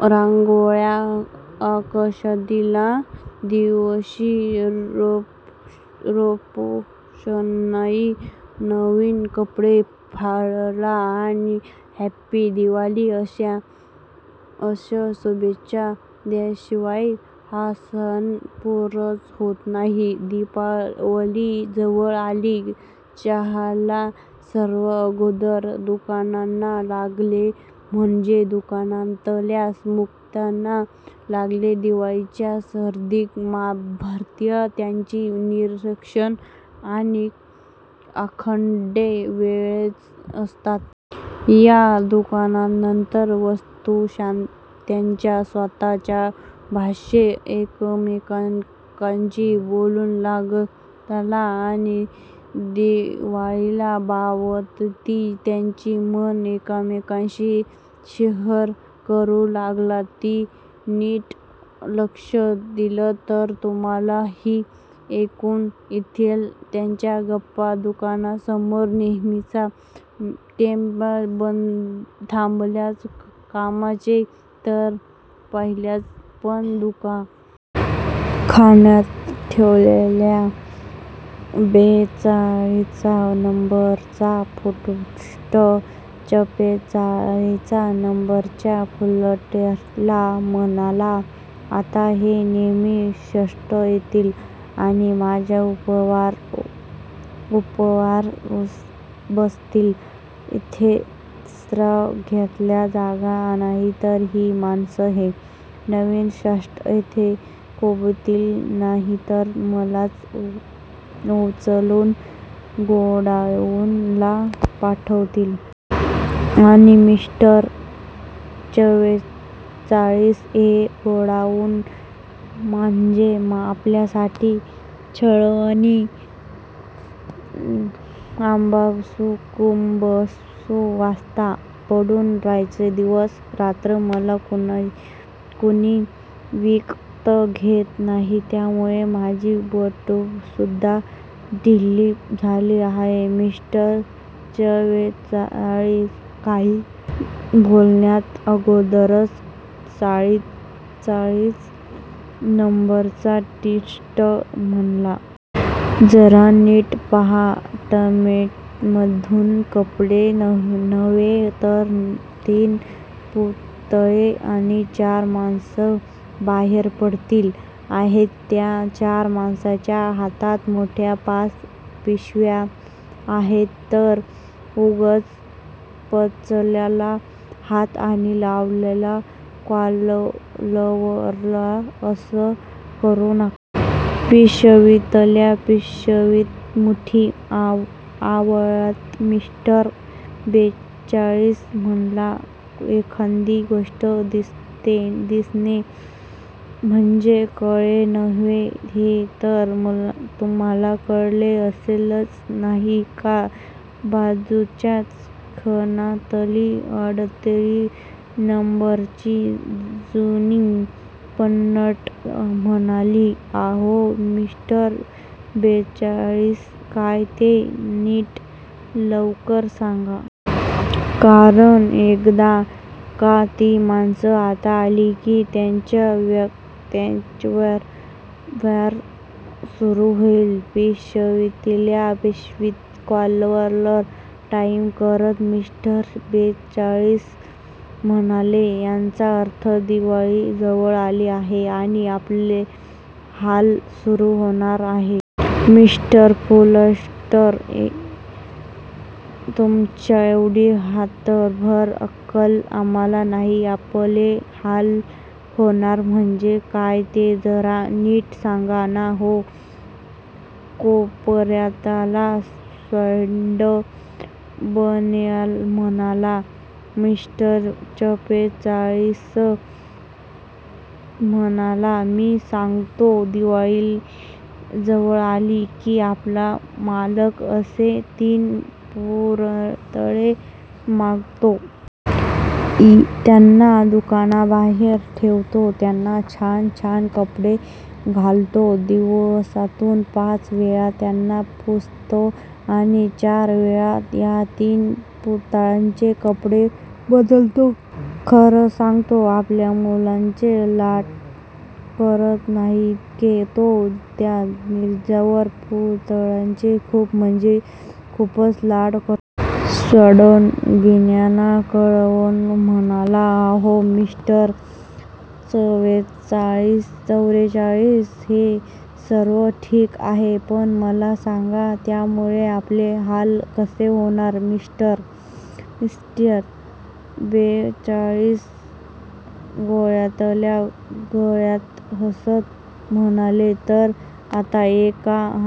रांगोळ्या, आकाशकंदील, दिव्यांची रोषणाई, नवीन कपडे, फराळ आणि 'हॅपी दिवाली' अशा शुभेच्छा… यांशिवाय हा सण पुराच होत नाही. दिवाळी जवळ आल्याची चाहूल सर्वांत अगोदर दुकानांना लागते, म्हणजे दुकानातल्या वस्तूंना लागते. दिवाळीच्या संदर्भातील त्यांची निरीक्षणं आणि आडाखे वेगळेच असतात. या दुकानातल्या वस्तू त्यांच्या स्वतःच्या भाषेत एकमेकांशी बोलू लागतात... आणि 'दिवाळी'बाबतची त्यांची मतं एकमेकांशी शेअर करू लागतात. नीट लक्ष दिलंत तर तुम्हांलाही ऐकू येतील त्यांच्या गप्पा...! दुकानासमोर नेहमीचा टेम्पो थांबल्याचं काचेनं तर पाहिलंच, पण दुकानातल्या कपड्यांनी काचेतून पाहिलं. खणात ठेवलेला बेचाळीस नंबरचा फुलशर्ट, चव्वेचाळीस नंबरच्या फुलशर्टला म्हणाला, "आता हे नवीन शर्ट येतील आणि माझ्या उरावर बसतील. इथे श्वास घ्यायला जागा नाही, तरी ही माणसं हे नवीन शर्ट इथेच कोंबतील, नाहीतर मलाच उचलून गोडाऊनला पाठवतील. आणि मिस्टर चव्वेचाळीस, हे गोडाऊन म्हणजे आपल्यासाठी छळछावणी. आंबुस-कुंबूस वासात पडून राहायचं दिवस-रात्र! मला कुणी विकत घेत नाही, त्यामुळे माझी बटणंसुद्धा ढिली झाली आहेत." मिस्टर चव्वेचाळीस काही बोलण्याअगोदरच चाळीस नंबरचा टीशर्ट म्हणाला, "अहो मिस्टर बेचाळीस, 'हात लांब असले म्हणजे अक्कल असते असं नव्हे' असं आपल्यात म्हणतात ते उगीच नाही. जरा नीट पाहा. टेम्पोमधून कपडे नव्हे, तर तीन पुतळे आणि चार माणसं बाहेर पडली आहेत. त्या चार माणसांच्या हातात मोठ्या पाच पिशव्या आहेत. तर.. 'उगाच उचलला हात आणि लावला कॉलरला' असं करू नका." पिशवीतल्या पिशवीत मुठी आवळत मिस्टर बेचाळीस म्हणाला, "'एखादी गोष्ट दिसणे म्हणजे कळणे नव्हे' हे तर तुम्हांला कळले असेलच नाही का?" बाजूच्याच खणातली अडतीस नंबरची जीन पॅण्ट म्हणाली, "अहो मिस्टर बेचाळीस, काय ते नीट लवकर सांगा. कारण एकदा का ती माणसं आत आली की, त्यांची च्याँव च्याँव सुरू होईल." पिशवीतल्या पिशवीत कॉलर टाइट करत मिस्टर बेचाळीस म्हणाले, "याचा अर्थ दिवाळी जवळ आली आहे आणि आपले हाल सुरू होणार आहेत.." "मिस्टर फुलशर्ट, तुमच्याएवढी हातभर अक्कल आम्हांला नाही. 'आपले हाल होणार म्हणजे काय?' ते जरा नीट सांगा ना हो.." कोपर्यातला सॅण्डो बनियन म्हणाला. मिस्टर चव्वेचाळीस म्हणाला, "मी सांगतो. दिवाळी जवळ आली की, आपला मालक असे तीन पुतळे मागवतो. त्यांना दुकानाबाहेर ठेवतो. त्यांना छान छान कपडे घालतो. दिवसातून पाच वेळा त्यांना पुसतो आणि चार वेळा या तीन पुतळ्यांचे कपडे बदलतो. खरं सांगतो, आपल्या मुलांचे लाड करत नाही इतके तो त्या निर्जीव पुतळ्यांचे खूप म्हणजे खूपच लाड करतो." सॅण्डो बनियन कळवळून म्हणाला, "अहो मिस्टर चव्वेचाळीस, हे सर्व ठीक आहे. पण मला सांगा, यामुळे आपले हाल कसे होणार?" मिस्टर बेचाळीस गळ्यातल्या गळ्यात हसत म्हणाले, "तर आता ऐका. आता...